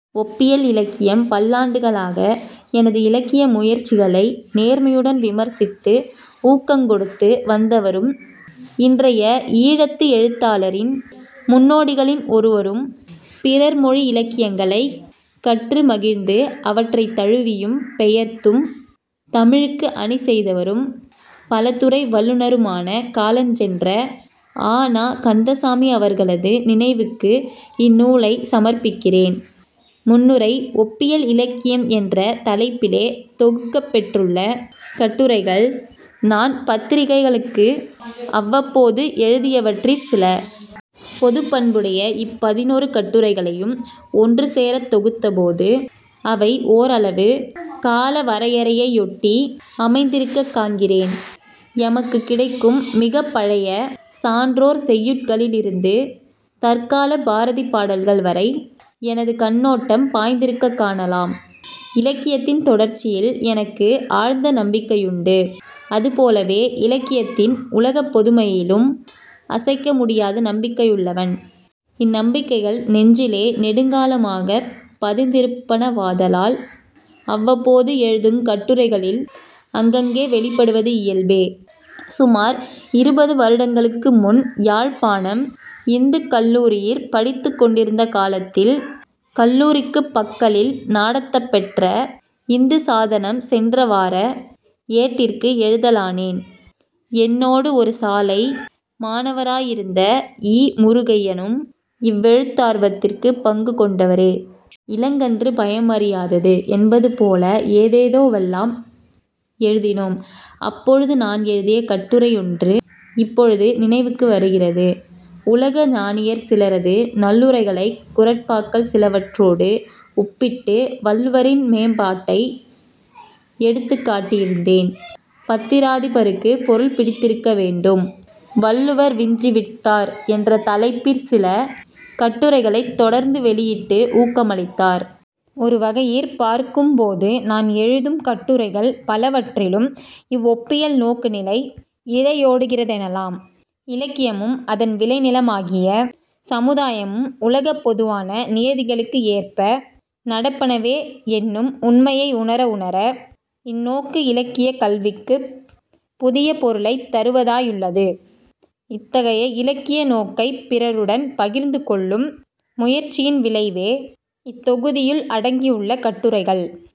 ஒப்பியல் இலக்கியம் பல்லாண்டுகளாக எனது இலக்கிய முயற்சிகளை நேர்மையுடன் விமர்சித்து ஊக்கங் கொடுத்து வந்தவரும் இன்றைய ஈழத்து எழுத்தாளரின் முன்னோடிகளின் ஒருவரும் பிறர்மொழியிலக்கியங்களைக் கற்று மகிழ்ந்து அவற்றைத் தழுவியும் பெயர்த்தும் தமிழுக்கு அணிசெய்தவரும், பல துறை வல்லுநருமான காலஞ்சென்ற அ. ந. கந்தசாமி அவர்களது நினைவுக்கு இந்நூலைச் சமர்ப்பிக்கிறேன் முன்னுரை 'ஒப்பியல் இலக்கியம்' என்ற தலைப்பிலே தொகுக்கப் பெற்றுள்ள கட்டுரைகள் நான் பத்திரிகைகளுக்கு அவ்வப்போது எழுதியவற்றிற் சில. பொதுப்பண்புடைய இப்பதினொரு கட்டுரைகளையும் ஒன்று சேரத்தொகுத்தபோது அவை ஓரளவு காலவரையறையையொட்டி அமைந்திருக்கக் காண்கிறேன். எமக்குக் கிடைக்கும் மிகப் பழைய சான்றோர் செய்யுட்களிலிருந்து தற்காலப் பாரதி பாடல்கள் வரை எனது கண்ணோட்டம் பாய்ந்திருக்கக் காணலாம். இலக்கியத்தின் தொடர்ச்சியில் எனக்கு ஆழ்ந்த நம்பிக்கையுண்டு. அது போலவே இலக்கியத்தின் உலகப் பொதுமையிலும் அசைக்க முடியாத நம்பிக்கையுள்ளவன். இந்நம்பிக்கைகள் நெஞ்சிலே நெடுங்காலமாகப் பதிந்திருப்பனவாதலால் அவ்வப்போது எழுதுங்கட்டுரைகளில் அங்கங்கே வௌிப்படுவது இயல்பே. சுமார் இருபது வருடங்களுக்கு முன் யாழ்ப்பாணம் இந்துக் கல்லூரியிற் படித்துக் கொண்டிருந்த காலத்தில் கல்லூரிக்குப் பக்கலில் நடாத்தப்பெற்ற இந்துசாதனம் சென்ற வார ஏட்டிற்கு எழுதலானேன். என்னோடு ஒரு சாலை மாணவராயிருந்த இ. முருகையனும் இவ்வெழுத்தார்வத்திற் பங்கு கொண்டவரே. இளங்கன்று பயமறியாது என்பது போல ஏதேதோவெல்லாம் எழுதினோம். அப்பொழுது நான் எழுதிய கட்டுரையொன்று இப்பொழுது நினைவுக்கு வருகிறது. உலக ஞானியர் சிலரது நல்லுரைகளைக் குறட்பாக்கள் சிலவற்றோடு ஒப்பிட்டு வள்ளுவரின் மேம்பாட்டை எடுத்துக் காட்டியிருந்தேன். பத்திராதிபருக்கு பொருள் பிடித்திருக்கவேண்டும்; 'வள்ளுவர் விஞ்சி விட்டார்' என்ற தலைப்பிற் சில கட்டுரைகளைத் தொடர்ந்து வௌியிட்டு ஊக்கமளித்தார். ஒருவகையிற் பார்க்கும் போது நான் எழுதும் கட்டுரைகள் பலவற்றிலும் இவ்வொப்பியல் நோக்கு நிலை இழையோடுகிறதெனலாம். இலக்கியமும் அதன் விளை நிலமாகிய சமுதாயமும் உலகப்பொதுவான நியதிகளுக்கு ஏற்ப நடப்பனவே என்னும் உண்மையை உணர உணர இந்நோக்கு இலக்கியக் கல்விக்குப் புதிய பொருளைத் தருவதாயுள்ளது. இத்தகைய இலக்கிய நோக்கைப் பிறருடன் பகிர்ந்து கொள்ளும் முயற்சியின் விளைவே இத்தொகுதியுள் அடங்கியுள்ள கட்டுரைகள்.